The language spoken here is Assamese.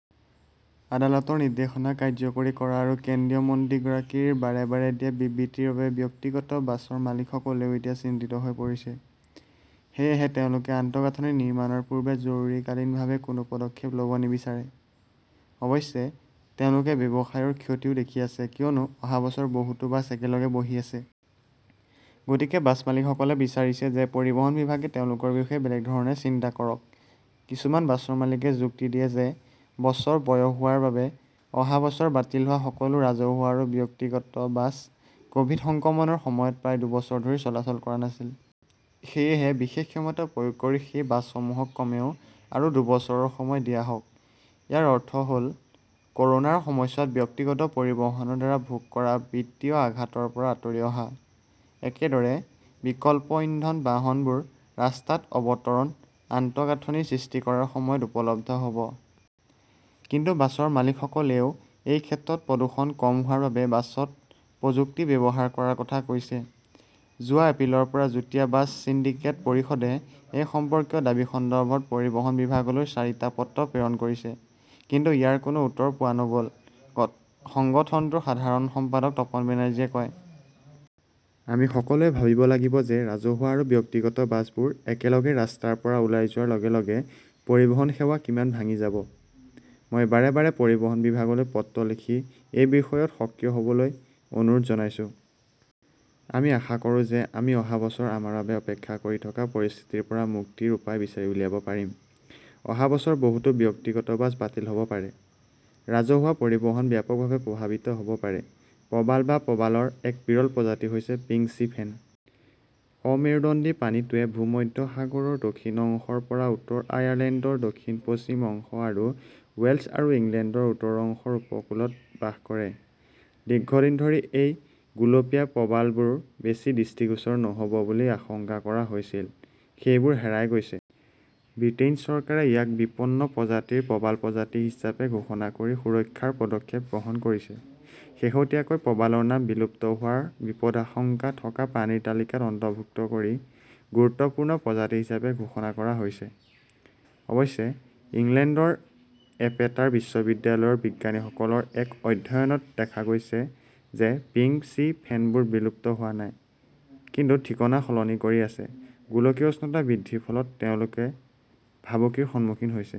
আদালতৰ নিৰ্দেশনা কাৰ্যকৰী কৰা আৰু কেন্দ্ৰীয় মন্ত্ৰীগৰাকীৰ বাৰে বাৰে দিয়া বিবৃতিৰ বাবে ব্যক্তিগত বাছৰ মালিকসকলেও এতিয়া চিন্তিত হৈ পৰিছে। সেয়েহে তেওঁলোকে আন্তঃগাঁথনি নিৰ্মাণৰ পূৰ্বে জৰুৰীভাৱে কোনো পদক্ষেপ ল "ব নিবিচাৰে। অৱশ্যে, তেওঁলোকে ব্যৱসায়ৰ ক্ষতিও দেখি আছে কিয়নো অহা বছৰ বহুতো বাছ একেলগে বহি আছে। গতিকে বাছ মালিকসকলে বিচাৰিছে যে পৰিবহণ বিভাগে তেওঁলোকৰ বিষয়ে বেলেগ ধৰণে চিন্তা কৰক। কিছুমান বাছৰ মালিকে যুক্তি দিয়ে যে বছৰ বয়স হোৱাৰ বাবে অহা বছৰ বাতিল হোৱা সকলো ৰাজহুৱা আৰু ব্যক্তিগত বাছ ক "ভিড সংক্ৰমণৰ সময়ত প্ৰায় দুবছৰ ধৰি চলাচল কৰা নাছিল। সেয়েহে বিশেষ ক্ষমতা প্ৰয়োগ কৰি সেই বাছসমূহক কমেও আৰু দুবছৰৰ সময় দিয়া হওক। ইয়াৰ অৰ্থ হ "ল ক" ৰোনাৰ সময়ছোৱাত ব্যক্তিগত পৰিবহণৰ দ্বাৰা ভোগ কৰা বিত্তীয় আঘাতৰ পৰা আঁতৰি অহা। একেদৰে, বিকল্প ইন্ধন বাহনবোৰ ৰাস্তাত অৱতৰণ আন্তঃগাঁথনি সৃষ্টি কৰাৰ সময়ত উপলব্ধ হ 'ব। কিন্তু বাছৰ মালিকসকলেও এই ক্ষেত্ৰত প্ৰদূষণ কম হোৱাৰ বাবে বাছত প্ৰযুক্তি ব্যৱহাৰ কৰাৰ কথা কৈছে। যোৱা এপ্ৰিলৰ পৰা যুটীয়া বাছ সিন্ডিকেট পৰিষদে এই সম্পৰ্কীয় দাবী সন্দৰ্ভত পৰিবহণ বিভাগলৈ চাৰিটা পত্ৰ প্ৰেৰণ কৰিছে। কিন্তু ইয়াৰ কোনো উত্তৰ পোৱা নগ "ল", সংগঠনটোৰ সাধাৰণ সম্পাদক তপন বেনাৰ্জীয়ে কয়। "আমি সকলোৱে ভাবিব লাগিব যে ৰাজহুৱা আৰু ব্যক্তিগত বাছবোৰ একেলগে ৰাস্তাৰ পৰা ওলাই যোৱাৰ লগে লগে পৰিবহণ সেৱা কিমান ভাঙি যাব। মই বাৰে বাৰে পৰিবহণ বিভাগলৈ পত্ৰ লিখি এই বিষয়ত সক্ৰিয় হ "বলৈ অনুৰোধ জনাইছো। আমি আশা কৰোঁ যে আমি অহা বছৰ আমাৰ বাবে অপেক্ষা কৰি থকা পৰিস্থিতিৰ পৰা মুক্তিৰ উপায় বিচাৰি উলিয়াব পাৰিম। "। অহা বছৰ বহুতো ব্যক্তিগত বাছ বাতিল হ 'ব পাৰে, ৰাজহুৱা পৰিবহণ ব্যাপকভাৱে প্ৰভাৱিত হ' ব পাৰে প্ৰবাল বা প্ৰবালৰ এক বিৰল প্ৰজাতি হৈছে পিংক চি ফেন। অমেৰুদণ্ডী প্ৰাণীটোৱে ভূমধ্যসাগৰৰ দক্ষিণ অংশৰ পৰা উত্তৰ আয়াৰলেণ্ডৰ দক্ষিণ-পশ্চিম অংশ আৰু ৱেলছ আৰু ইংলেণ্ডৰ উত্তৰ অংশৰ উপকূলত বাস কৰে। দীৰ্ঘদিন ধৰি এই গুলপীয়া প্ৰবালবোৰ বেছি দৃষ্টিগোচৰ নহ "ব বুলি আশংকা কৰা হৈছিল; সেইবোৰ হেৰাই গৈছে। ব্ৰিটেইন চৰকাৰে ইয়াক বিপন্ন প্ৰজাতিৰ প্ৰবাল প্ৰজাতি হিচাপে ঘোষণা কৰি সুৰক্ষাৰ পদক্ষেপ গ্ৰহণ কৰিছে, শেহতীয়াকৈ প্ৰবালৰ নাম বিলুপ্ত হোৱাৰ বিপদাশংকা থকা প্ৰাণীৰ তালিকাত অন্তৰ্ভুক্ত কৰি গুৰুত্বপূৰ্ণ প্ৰজাতি হিচাপে ঘোষণা কৰা হৈছে। অৱশ্যে, ইংলেণ্ডৰ এপেটাৰ বিশ্ববিদ্যালয়ৰ বিজ্ঞানীসকলৰ এক অধ্যয়নত দেখা গৈছে যে পিংক চি ফেনবোৰ বিলুপ্ত হোৱা নাই, কিন্তু ঠিকনা সলনি কৰি আছে। গোলকীয় উষ্ণতা বৃদ্ধিৰ ফলত তেওঁলোকে ভাবুকিৰ সন্মুখীন হৈছে,